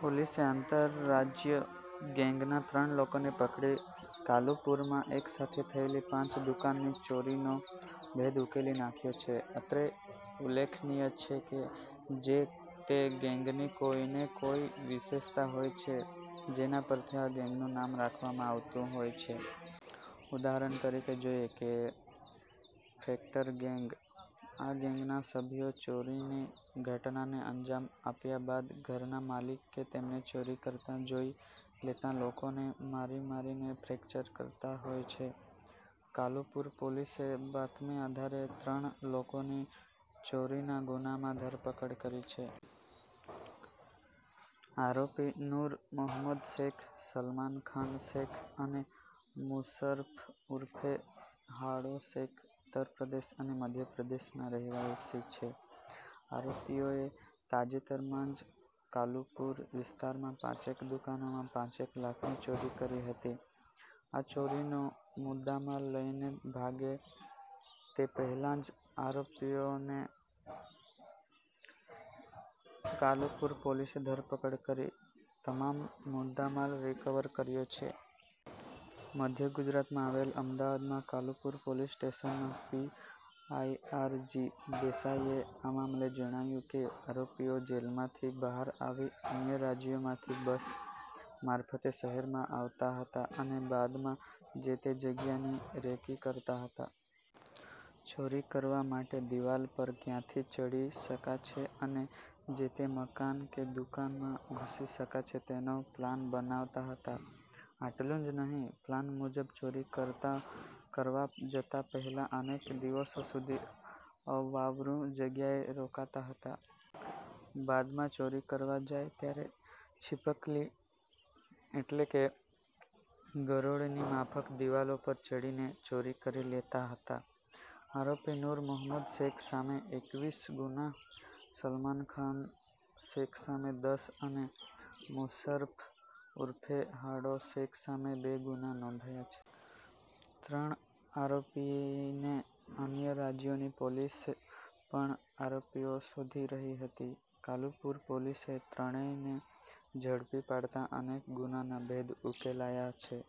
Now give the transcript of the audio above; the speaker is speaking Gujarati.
પોલીસે આંતરરાજ્ય ગેંગના ત્રણ લોકોને પકડી કાલુપુરમાં એક સાથે થયેલી પાંચ દુકાનની ચોરીનો ભેદ ઉકેલી નાખ્યો છે. અત્રે ઉલ્લેખનીય છે કે, જે તે ગેંગની કોઈને કોઈ વિશેષતા હોય છે. જેના પરથી આ ગેંગનું નામ રાખવામાં આવતું હોય છે. ઉદાહરણ તરીકે જોઈએ કે ફ્રેક્ટર ગેંગ. આ ગેંગના સભ્યો ચોરીની ઘટનાને અંજામ આપ્યા બાદ ઘરના માલિક કે તેમને ચોરી કરતા જોઈ લેતા લોકોને મારી મારીને ફ્રેક્ચર કરતા હોય છે. કાલુપુર પોલીસે બાતમી આધારે ત્રણ લોકોની ચોરીના ગુનામાં ધરપકડ કરી છે. આરોપી નૂર મહોમદ શેખ, સલમાન ખાન શેખ અને મુશરફ ઉર્ફે હાડો શેખ ઉત્તરપ્રદેશ અને મધ્યપ્રદેશના રહેવાસી છે. આરોપીઓએ તાજેતરમાં જ કાલુપુર વિસ્તારમાં પાંચેક દુકાનોમાં પાંચેક લાખની ચોરી કરી હતી. આ ચોરીનો મુદ્દામાલ લઈને ભાગે તે પહેલા જ આરોપીઓની કાલુપુર પોલીસે ધરપકડ કરી તમામ મુદ્દામાલ રિકવર કર્યો છે. મધ્ય ગુજરાતમાં આવેલ અમદાવાદમાં કાલુપુર પોલીસ સ્ટેશનના પી. આઇ. આર. જી. દેસાઈએ આ મામલે જણાવ્યું કે, આરોપીઓ જેલમાંથી બહાર આવી અન્ય રાજ્યોમાંથી બસ મારફતે શહેરમાં આવતા હતા અને બાદમાં જે તે જગ્યાની રેકી કરતા હતા. ચોરી કરવા માટે દીવાલ પર ક્યાંથી ચઢી શકાશે અને જે તે મકાન કે દુકાનમાં ઘૂસી શકાશે તેનો પ્લાન બનાવતા હતા. આટલું જ નહીં પ્લાન મુજબ ચોરી કરવા જતા પહેલા અનેક દિવસો સુધી અવાવરું જગ્યાએ રોકાતા હતા. બાદમાં ચોરી કરવા જાય ત્યારે છીપકલી એટલે કે ગરોળીની માફક દીવાલો પર ચઢીને ચોરી કરી લેતા હતા. આરોપી નૂર મહોમદ શેખ સામે એકવીસ ગુના, સલમાન ખાન શેખ સામે દસ અને મુશરફ ઉર્ફે હાડો શેખ સામે બે ગુના નોંધાયા છે. ત્રણેય આરોપીને અન્ય રાજ્યોની પોલીસ પણ આરોપીઓ શોધી રહી હતી. કાલુપુર પોલીસે ત્રણેયને ઝડપી પાડતા અનેક ગુનાના ભેદ ઉકેલાયા છે.